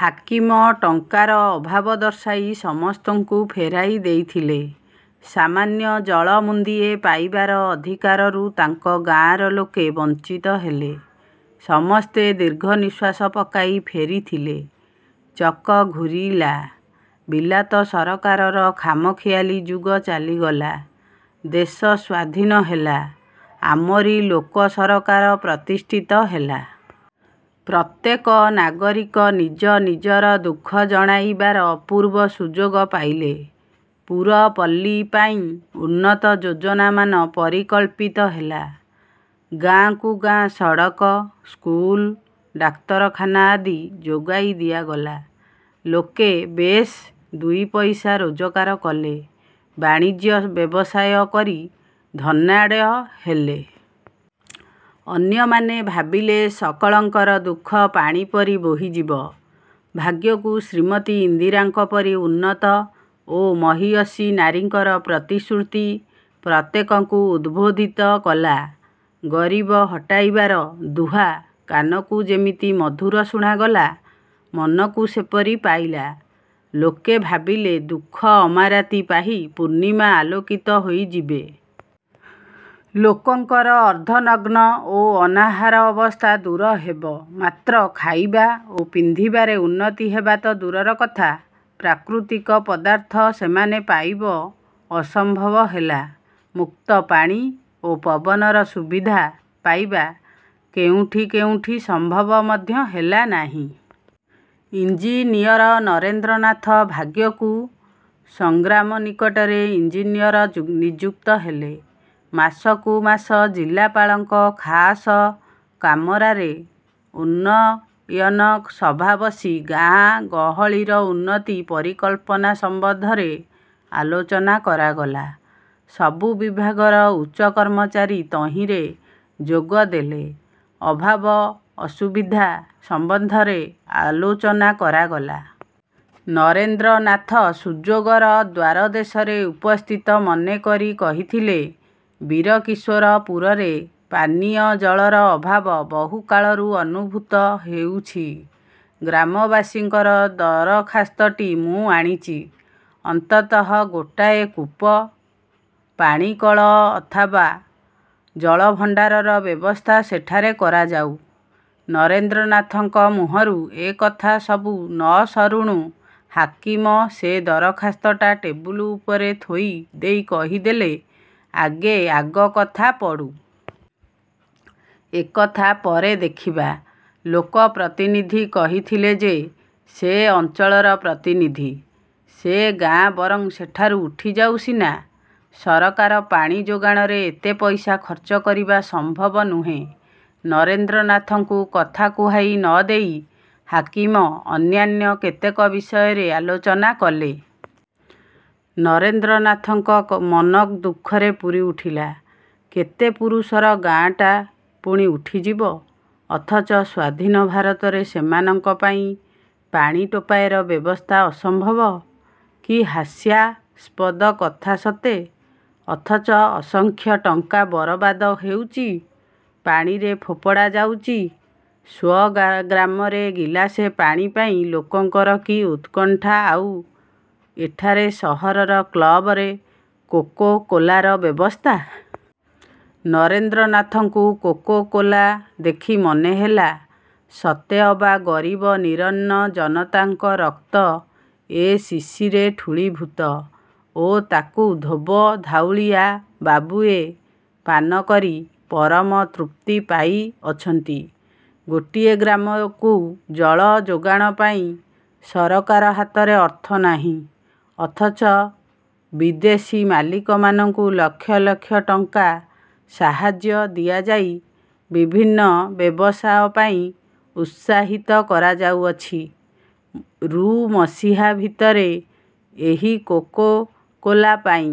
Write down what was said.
ହାକିମ ଟଙ୍କାର ଅଭାବ ଦର୍ଶାଇ ସମସ୍ତଙ୍କୁ ଫେରାଇ ଦେଇଥିଲେ-। ସାମାନ୍ୟ ଜଳ ମୁନ୍ଦିଏ ପାଇବାର ଅଧିକାରରୁ ତାଙ୍କ ଗାଁର ଲୋକେ ବଂଚିତ ହେଲେ-। ସମସ୍ତେ ଦୀର୍ଘ ନିଶ୍ୱାସ ପକାଇ ଫେରିଥିଲେ। ଚକ ଘୂରିଲା। ବିଲାତ ସରକାରରର ଖାମଖିଆଲି ଯୁଗ ଚାଲିଗଲା। ଦେଶ ସ୍ୱାଧିନ ହେଲା। ଆମରି ଲୋକସରକାର ପ୍ରତିଷ୍ଠିତ ହେଲା। ପ୍ରତ୍ୟେକ ନାଗରିକ ନିଜ ନିଜର ଦୁଃଖ ଜଣାଇବାର ଅପୂର୍ବ ସୁଯୋଗ ପାଇଲେ। ପୁରପଲ୍ଲୀ ପାଇଁ ଉନ୍ନତ ଯୋଜନା ମାନ ପରିକଳ୍ପିତ ହେଲା। ଗାଁକୁ ଗାଁ ସଡ଼କ, ସ୍କୁଲ, ଡାକ୍ତରଖାନା ଆଦି ଯୋଗାଇ ଦିଆଗଲା। ଲୋକେ ବେଶ୍ ଦୁଇ ପଇସା ରୋଜଗାର କଲେ। ବାଣିଜ୍ୟ ବ୍ୟବସାୟ କରି ଧନାଢ଼୍ୟ ହେଲେ। ଅନ୍ୟମାନେ ଭାବିଲେ ସକଳଙ୍କର ଦୁଃଖ ପାଣିପରି ବୋହିଯିବ। ଭାଗ୍ୟକୁ ଶ୍ରୀମତୀ ଇନ୍ଦିରାଙ୍କ ପରି ଉନ୍ନତ ଓ ମହିୟସୀ ନାରୀଙ୍କର ପ୍ରତିଶ୍ରୁତି ପ୍ରତ୍ୟେକଙ୍କୁ ଉଦ୍ବୋଧିତ କଲା। 'ଗରିବ-ହଟାଇବାର' ଦୁହା କାନକୁ ଯେମିତି ମଧୁର ଶୁଣାଗଲା, ମନକୁ ସେପରି ପାଇଲା। ଲୋକେ ଭାବିଲେ ଦୁଃଖ ଅମା ରାତି ପାହି ପୂର୍ଣ୍ଣିମା ଆଲୋକିତ ହୋଇଯିବେ। ଲୋକଙ୍କର ଅର୍ଦ୍ଧନଗ୍ନ ଓ ଅନାହାର ଅବସ୍ଥା ଦୂର ହେବ। ମାତ୍ର ଖାଇବା ଓ ପିନ୍ଧିବାରେ ଉନ୍ନତି ହେବା ତ ଦୂରର କଥା ପ୍ରାକୃତିକ ପଦାର୍ଥ ସେମାନେ ପାଇବ ଅସମ୍ଭବ ହେଲା। ମୁକ୍ତ ପାଣି ଓ ପବନର ସୁବିଧା ପାଇବା କେଉଁଠି କେଉଁଠି ସମ୍ଭବ ମଧ୍ୟ ହେଲାନାହିଁ। ଇଞ୍ଜିନିୟର ନରେନ୍ଦ୍ରନାଥ ଭାଗ୍ୟକୁ ସ୍ୱ-ଗ୍ରାମ ନିକଟରେ ଇଞ୍ଜିନିୟର ନିଯୁକ୍ତ ହେଲେ। ମାସକୁ ମାସ ଜିଲ୍ଲାପାଳଙ୍କ ଖାସ କାମରାରେ ଉନ୍ନୟନ ସଭା ବସି ଗାଁ ଗହଳିର ଉନ୍ନତି ପରିକଳ୍ପନା ସମ୍ୱନ୍ଧରେ ଆଲୋଚନା କରାଗଲା। ସବୁ ବିଭାଗର ଉଚ୍ଚ କର୍ମଚାରୀ ତହିଁରେ ଯୋଗ ଦେଲେ। ଅଭାବ ଅସୁବିଧା ସମ୍ବନ୍ଧରେ ଆଲୋଚନା କରାଗଲା। ନରେନ୍ଦ୍ରନାଥ ସୁଯୋଗର ଦ୍ୱାର ଦେଶରେ ଉପସ୍ଥିତ ମନେକରି କହିଥିଲେ-ବୀରକିଶୋର ପୁରରେ ପାନୀୟ ଜଳର ଅଭାବ ବହୁ କାଳରୁ ଅନୁଭୂତ ହେଉଛି। ଗ୍ରାମବାସୀଙ୍କର ଦରଖାସ୍ତଟି ମୁଁ ଆଣିଚି। ଅନ୍ତତଃ ଗୋଟାଏ କୂଅ, ପାଣିକଳ ଅଥବା ଜଳଭଣ୍ତାରର ବ୍ୟବସ୍ଥା ସେଠାରେ କରାଯାଉ। ନରେନ୍ଦ୍ରନାଥଙ୍କ ମୁହଁରୁ ଏ କଥା ସବୁ ନ ସରୁଣୁ ହାକିମ ସେ ଦରଖାସ୍ତଟା ଟେବୁଲ ଉପରେ ଥୋଇ ଦେଇ କହିଦେଲେ-ଆଗେ ଆଗ କଥା ପଡ଼ୁ। ଏକଥା ପରେ ଦେଖିବା। ଲୋକପ୍ରତିନିଧି କହିଥିଲେ ଯେ, ସେ ଅଞ୍ଚଳର ପ୍ରତିନିଧି। ସେ ଗାଁ ବରଂ ସେଠାରୁ ଉଠିଯାଉ ସିନା, ସରକାର ପାଣି ଯୋଗାଣରେ ଏତେ ପଇସା ଖର୍ଚ୍ଚ କରିବା ସମ୍ଭବ ନୁହେଁ। ନରେନ୍ଦ୍ରନାଥଙ୍କୁ କଥା କୁହାଇ ନ ଦେଇ ହାକିମ ଅନ୍ୟାନ୍ୟ କେତେକ ବିଷୟରେ ଆଲୋଚନା କଲେ। ନରେନ୍ଦ୍ରନାଥଙ୍କ ମନ ଦୁଃଖରେ ପୂରି ଉଠିଲା। କେତେ ପୁରୁଷର ଗାଁଟା ପୁଣି ଉଠିଯିବ; ଅଥଚ ସ୍ୱାଧୀନ ଭାରତରେ ସେମାନଙ୍କ ପାଇଁ ପାଣି ଟୋପାଏର ବ୍ୟବସ୍ଥା ଅସମ୍ଭବ? କି ହାସ୍ୟାସ୍ପଦ କଥା ସତେ! ଅଥଚ ଅସଂଖ୍ୟ ଟଙ୍କା ବରବାଦ ହେଉଚି। ପାଣିରେ ଫୋପଡ଼ା ଯାଉଚି-। ସ୍ୱ-ଗ୍ରାମରେ ଗିଲାସେ ପାଣି ପାଇଁ ଲୋକଙ୍କର କି ଉତ୍କଣ୍ଠା ଆଉ ଏଠାରେ ସହରର କ୍ଳବରେ କୋକୋ-କୋଲାର ବ୍ୟବସ୍ଥା। ନରେନ୍ଦ୍ରନାଥଙ୍କୁ କୋକୋ-କୋଲା ଦେଖି ମନେ ହେଲା ସତେ ଅବା ଗରିବ ନିରନ୍ନ ଜନତାଙ୍କ ରକ୍ତ ଏ ଶିଶିରେ ଠୁଳୀଭୂତ ଓ ତାକୁ ଧୋବଧାଉଳିଆ ବାବୁଏ ପାନ କରି ପରମ ତୃପ୍ତି ପାଇଅଛନ୍ତି। ଗୋଟିଏ ଗ୍ରାମକୁ ଜଳଯୋଗାଣ ପାଇଁ ସରକାର ହାତରେ ଅର୍ଥ ନାହିଁ ଅଥଚ ବିଦେଶୀ ମାଲିକମାନଙ୍କୁ ଲକ୍ଷ ଲକ୍ଷ ଟଙ୍କା ସାହାର୍ଯ୍ୟ ଦିଆଯାଇ ବିଭିନ୍ନ ବ୍ୟବସାୟ ପାଇଁ ଉତ୍ସାହିତ କରାଯାଉଅଛି। ରୁ ମସିହା ଭିତରେ ଏହି କୋକୋ-କୋଲା ପାଇଁ